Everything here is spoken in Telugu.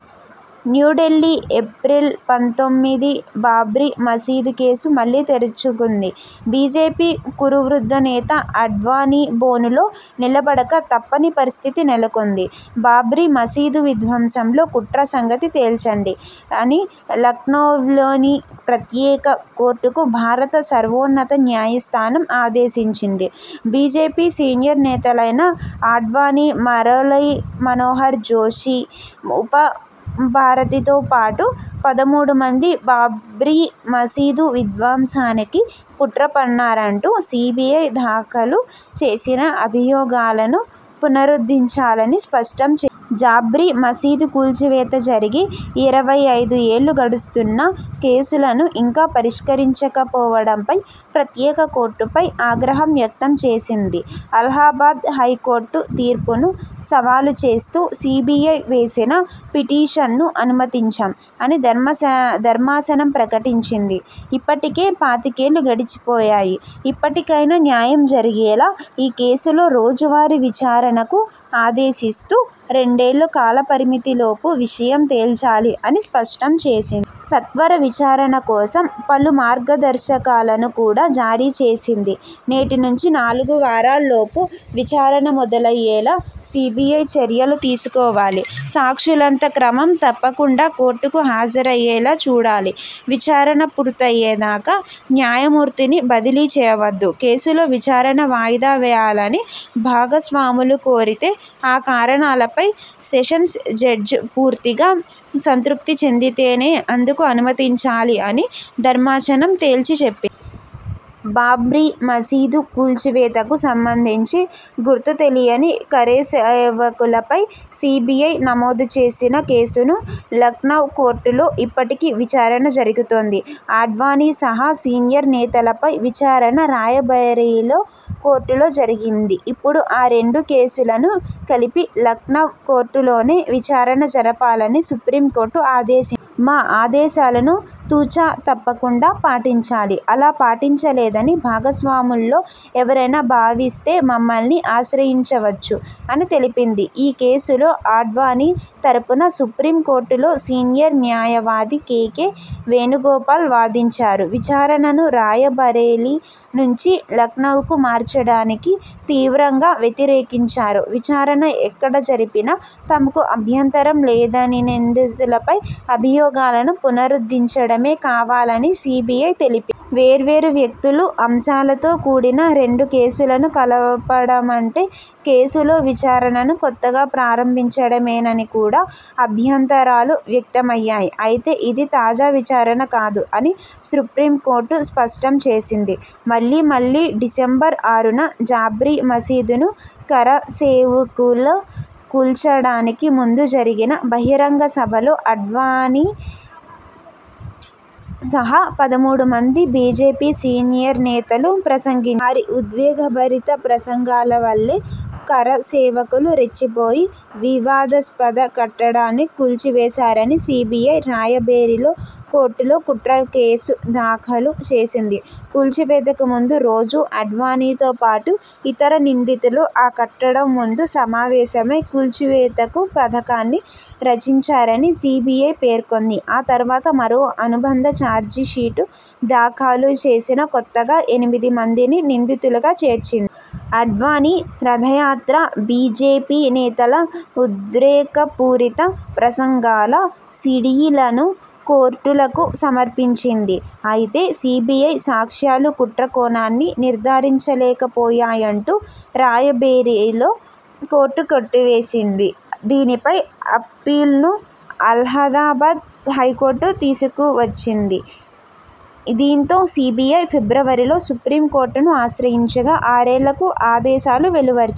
న్యూఢిల్లీ, ఏప్రిల్ పంతొమ్మిది బాబ్రీ మసీదు కేసు మళ్లీ తెరుచుకుంది. బీజేపీ కురువృద్ధ నేత ఆడ్వాణీ బోనులో నిలబడక తప్పని పరిస్థితి నెలకొంది. 'బాబ్రీ మసీదు విధ్వంసంలో కుట్ర సంగతి తేల్చండి' అని లఖ్నవ్లోని ప్రత్యేక కోర్టుకు భారత సర్వోన్నత న్యాయస్థానం ఆదేశించింది. బీజేపీ సీనియర్ నేతలైన ఆడ్వాణీ, మురొళీమనోహర్ జోషి, ఉపభారతితో పాటు పదమూడుమంది బాబ్రీ మసీదు విధ్వంసానికి కుట్ర పన్నారంటూ సీబీఐ దాఖలు చేసిన అభియోగాలను పునరుద్ధరించాలని స్పష్టం చేసింది. బాబ్రీ మసీదు కూల్చివేత జరిగి ఇరవై ఐదు ఏళ్లు గడుస్తున్నా కేసులను ఇంకా పరిష్కరించకపోవడంపై ప్రత్యేక కోర్టుపై ఆగ్రహం వ్యక్తం చేసింది. ''అలహాబాద్ హైకోర్టు తీర్పును సవాలు చేస్తూ సీబీఐ వేసిన పిటిషన్ను అనుమతించాం'' అని ధర్మాసనం ప్రకటించింది. ''ఇప్పటికే పాతికేళ్లు గడిచిపోయాయి. ఇప్పటికైనా న్యాయం జరిగేలా ఈ కేసులో రోజువారీ విచారణకు ఆదేశిస్తూ రెండేళ్ల కాలపరిమితిలోపు విషయం తేల్చాలి'' అని స్పష్టం చేసింది. సత్వర విచారణ కోసం పలు మార్గదర్శకాలను కూడా జారీ చేసింది. ''నేటి నుంచి నాలుగు వారాల్లోపు విచారణ మొదలయ్యేలా సీబీఐ చర్యలు తీసుకోవాలి. సాక్షులంతా క్రమం తప్పకుండా కోర్టుకు హాజరయ్యేలా చూడాలి. విచారణ పూర్తయ్యే దాకా న్యాయమూర్తిని బదిలీ చేయవద్దు! కేసులో విచారణ వాయిదా వేయాలని భాగస్వాములు కోరితే ఆ కారణాలపై సెషన్స్ జడ్జి పూర్తిగా సంతృప్తి చెందితేనే అందుకు అనుమతించాలి'' అని ధర్మాసనం తేల్చిచెప్పింది. బాబ్రీ మసీదు కూల్చివేతకు సంబంధించి 'గుర్తు తెలియని కరసేవకులపై' సీబీఐ నమోదు చేసిన కేసును లఖ్నవ్ కోర్టులో ఇప్పటికీ విచారణ జరుగుతోంది. ఆడ్వాణీ సహా సీనియర్ నేతలపై విచారణ రాయబరేలీ కోర్టులో జరిగింది. ఇప్పుడు ఆ రెండు కేసులనూ కలిపి లఖ్నవ్ కోర్టులోనే విచారణ జరపాలని సుప్రీంకోర్టు ఆదేశిం ''మా ఆదేశాలను తు. చ. తప్పకుండా పాటించాలి. అలా పాటించలేదని భాగస్వాముల్లో ఎవరైనా భావిస్తేమమ్మల్ని ఆశ్రయించవచ్చు'' అని తెలిపింది. ఈ కేసులో ఆడ్వాణీ తరఫున సుప్రీంకోర్టులో సీనియర్ న్యాయవాది కేకే వేణుగోపాల్ వాదించారు. విచారణను రాయబరేలీ నుంచి లఖ్నవ్కు మార్చడాన్ని తీవ్రంగా వ్యతిరేకించారు. విచారణ ఎక్కడ జరిపినా తమకు అభ్యంతరం లేదనినిందితులపై అభియోగాలను పునరుద్ధరించడమే కావాలని సీబీఐ తెలిపింది. వేర్వేరు వ్యక్తులు, అంశాలతో కూడిన రెండు కేసులను కలపడమంటే కేసులో విచారణను కొత్తగా ప్రారంభించడమేనని కూడా అభ్యంతరాలు వ్యక్తమయ్యాయి. అయితే ఇది 'తాజా విచారణ కాదు' అని సుప్రీంకోర్టు స్పష్టం చేసింది. మళ్లీమళ్లీ డిసెంబర్ ఆరున బాబ్రీ మసీదును కరసేవకులు కూల్చడానికి ముందు జరిగిన బహిరంగ సభలో ఆడ్వాణీ సహా పదమూడుమంది బీజేపీ సీనియర్ నేతలు ప్రసంగిం. వారి ఉద్వేగభరిత ప్రసంగాల వల్లే కరసేవకులు రెచ్చిపోయి వివాదాస్పద కట్టడాన్ని కూల్చివేశారని సీబీఐ రాయబరేలీ కోర్టులో కుట్ర కేసు దాఖలు చేసింది. కూల్చివేతకు ముందు రోజు ఆడ్వాణీతోపాటు ఇతర నిందితులు ఆ కట్టడం ముందు సమావేశమై, కూల్చివేత కు పథకాన్ని రచించారని సీబీఐ పేర్కొంది. ఆ తర్వాత మరో అనుబంధ చార్జిషీటు దాఖలు చేసి కొత్తగా ఎనిమిది మందిని నిందితులుగా చేర్చింది. ఆడ్వాణీ రథయాత్ర, బీజేపీ నేతల ఉద్రేకపూరిత ప్రసంగాల సీడీలనూ కోర్టుకు సమర్పించింది. అయితే, సీబీఐ సాక్ష్యాలు కుట్ర కోణాన్ని నిర్ధారించలేకపోయాయంటూ రాయబరేలీ కోర్టు కొట్టివేసింది. దీనిపై అప్పీల్ను అలహాబాద్ హైకోర్టు తోసిపుచ్చింది. దీంతో సీబీఐ ఫిబ్రవరిలో సుప్రీంకోర్టును ఆశ్రయించగా ఆరేళ్లకు ఆదేశాలు వెలువరి